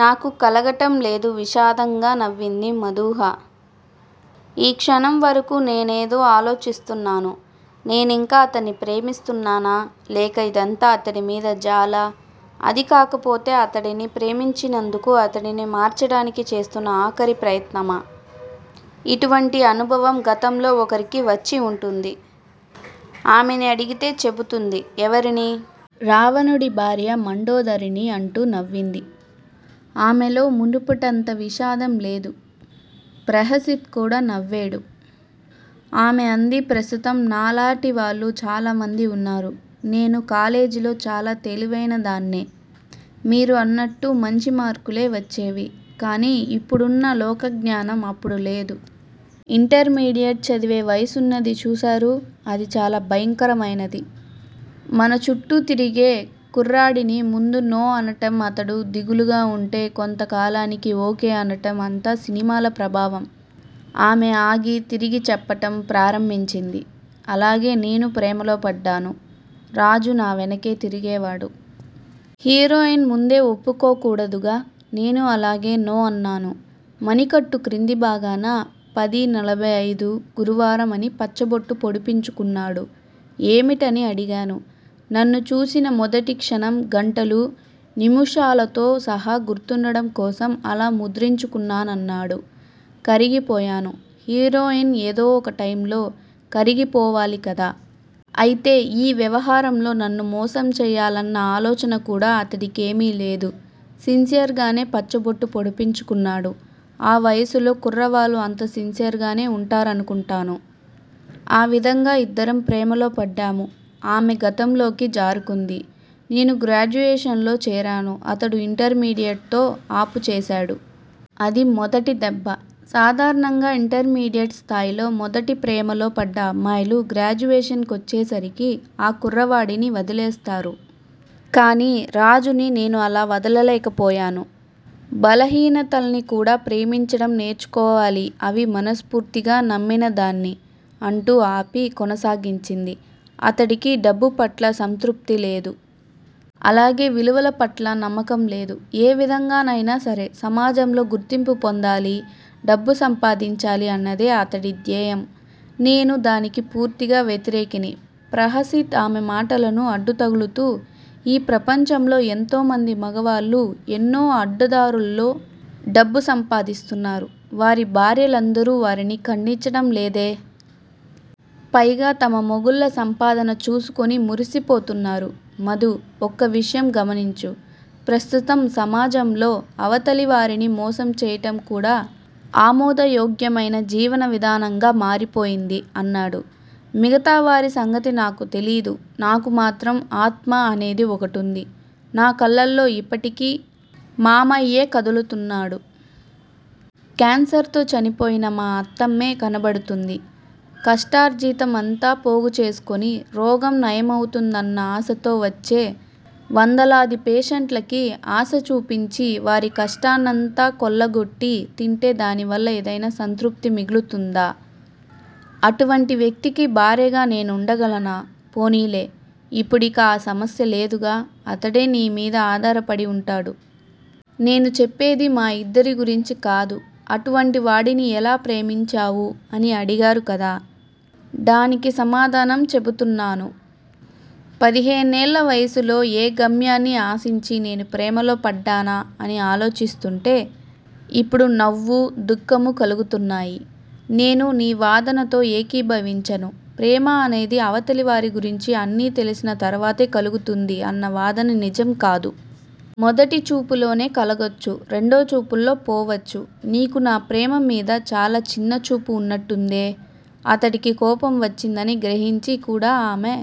నాకూ కలగటం లేదు విషాదంగా నవ్వింది మధూహ. ఈ క్షణం వరకూ నేనేదో ఆలోచిస్తున్నాను. నేనింకా అతన్ని ప్రేమిస్తున్నానా? లేక ఇదంతా అతడిమీద జాలా? అదీకాకపోతే అతడిని ప్రేమించినందుకు అతడిని మార్చడానికి చేస్తున్న ఆఖరి ప్రయత్నమా? ఇటువంటి అనుభవం గతంలో ఒకరికి వచ్చివుంటుంది. ఆమెని అడిగితే చెపుతుంది ఎవరిని? 'రావణుడి భార్య మండోదరిని అంటూ నవ్వింది. ఆమెలో మున్పటంత విషాదం లేదు. ప్రహసిత్ కూడా నవ్వాడు. ఆమె అంది ప్రస్తుతం నాలాటి వాళ్ళు చాలామంది వున్నారు. నేను కాలేజీలో చాలా తెలివైనదాన్నే. మీరు అన్నట్టు మంచి మార్కులే వచ్చేవి. కానీ ఇప్పుడున్న లోకజ్ఞానం అప్పుడు లేదు. ఇంటర్మీడియెట్ చదివే వయసున్నది చూసారూ అది చాలా భయంకరమైనది. మనచుట్టూ తిరిగే కుర్రాడిని ముందు'నో' అనటం అతడు దిగులుగా వుంటే, కొంతకాలానికి 'ఓ. కే. ' అనటం అంతా సినిమాల ప్రభావం ఆమె ఆగి, తిరిగి చెప్పటం ప్రారంభించింది. అలాగే నేనూ ప్రేమలో పడ్డాను. రాజు నావెనకే తిరిగేవాడు. హీరోయిన్ ముందే ఒప్పుకోకూడదుగా. నేనూ అలాగే 'నో' అన్నాను. మణికట్టు క్రిందిభాగాన 'పది నలభై ఐదు ' గురువారం' అని పచ్చబొట్టు పొడిపించుకున్నాడు. ఏమిటని అడిగాను. నన్ను చూసిన మొదటి క్షణం, గంటలూ నిముషాలతో సహా గుర్తుండడం కోసం అలా ముద్రించుకున్నానన్నాడు. కరిగిపోయాను హీరోయిన్ ఏదో ఒకటైమ్ లో కరిగిపోవాలికదా. అయితే ఈ వ్యవహారంలో నన్ను మోసంచేయాలన్న ఆలోచన కూడా అతడి కేమీలేదు. సిన్సియర్ గానే పచ్చబొట్టు పొడిపించుకున్నాడు. ఆ వయసులో కుర్రవాళ్ళు అంత సిన్సియర్ గానే వుంటారనుకుంటాను. ఆ విధంగా ఇద్దరం ప్రేమలోపడ్డాము ఆమె గతంలోకి జారుకుంది. నేను గ్రాడ్యుయేషన్ లో చేరాను. అతడు ఇంటర్మీడియట్ తో ఆపుచేసాడు. అది మొదటిదెబ్బ. సాధారణంగా ఇంటర్మీడియట్ స్థాయిలో మొదట ప్రేమలో పడ్డ అమ్మాయిలు, గ్రాడ్యుయేషన్ కొచ్చేసరికి ఆ కుర్రవాడిని వదిలేస్తారు. కానీ రాజుని నేను అలా వదలలేకపోయాను. బలహీనతల్ని కూడా ప్రేమించడం నేర్చుకోవాలి అవి మనస్ఫూర్తిగా నమ్మినదాన్ని ' అంటూ ఆపి, కొనసాగించింది. అతడికి డబ్బుపట్ల సంతృప్తి లేదు. అలాగే విలువలపట్ల నమ్మకంలేదు. ఏ విధంగానైనా సరే సమాజంలో గుర్తింపు పొందాలి, డబ్బు సంపాదించాలి అన్నదే అతడి ధ్యేయం. నేను దానికి పూర్తిగా వ్యతిరేకిని ప్రహసిత్ ఆమె మాటలను అడ్డుతగులుతూ ఈ ప్రపంచంలో ఎంతోమంది మగవాళ్ళు ఎన్నో అడ్డదారుల్లో డబ్బు సంపాదిస్తున్నారు. వారి భార్యలందరూ వారిని ఖండించడంలేదే. పైగా తమ మొగుళ్ళ సంపాదన చూసుకుని మురిసిపోతున్నారు. మధూ! ఒక్క విషయం గమనించు! ప్రస్తుతం సమాజంలో అవతలివారిని మోసం చేయటం కూడా ఆమోదయోగ్యమైన జీవనవిధానంగా మారిపోయింది అన్నాడు. మిగతా వారి సంగతి నాకు తెలీదు. నాకు మాత్రం ఆత్మ అనేది ఒకటుంది. నా కళ్ళలో ఇప్పటికీ మామయ్యే కదులుతున్నాడు. క్యాన్సర్ తో చనిపోయిన మా అత్తమ్మే కనపడుతూంది. కష్టార్జితమంతా పోగుచేసుకుని, రోగం నయమవుతుందన్న ఆశతో వచ్చే వందలాది పేషెంట్లకి ఆశచూపించి వారి కష్టన్నంతా కొల్లగొట్టి తింటే దానివల్ల ఏదైనా సంతృప్తి మిగులుతుందా? అటువంటి వ్యక్తికి భార్యగా నేనుండగలనా? పోనీలే. ఇప్పుడిక ఆ సమస్య లేదుగా. అతడే నీ మీద ఆధారపడి వుంటాడు. నేను చెప్పేది మా ఇద్దరి గురించికాదు. అటువంటివాడిని ఎలా ప్రేమించావు అని అడిగారు కదా! డానికి సమాధానం చెపుతున్నాను. పదిహేనేళ్ళ వయసులో ఏ గమ్యాన్ని ఆశించి నేను ప్రేమలో పడ్డానా అని ఆలోచిస్తూంటే ఇప్పుడు నవ్వూ, దుఃఖమూ కలుగుతున్నాయి. నేను నీ వాదనతో ఏకీభావించను. ప్రేమ అనేది అవతలి వారి గురించి అన్నీ తెలిసిన తరువాతే కలుగుతుంది అన్న వాదన నిజం కాదు. మొదటి చూపులోనే కలగొచ్చు రెండో చూపులో పోవచ్చు. నీకు నాప్రేమ మీద చాలా చిన్నచూపు వున్నట్టుందే. అతడికి కోపం వచ్చిందని గ్రహించి కూడా ఆమె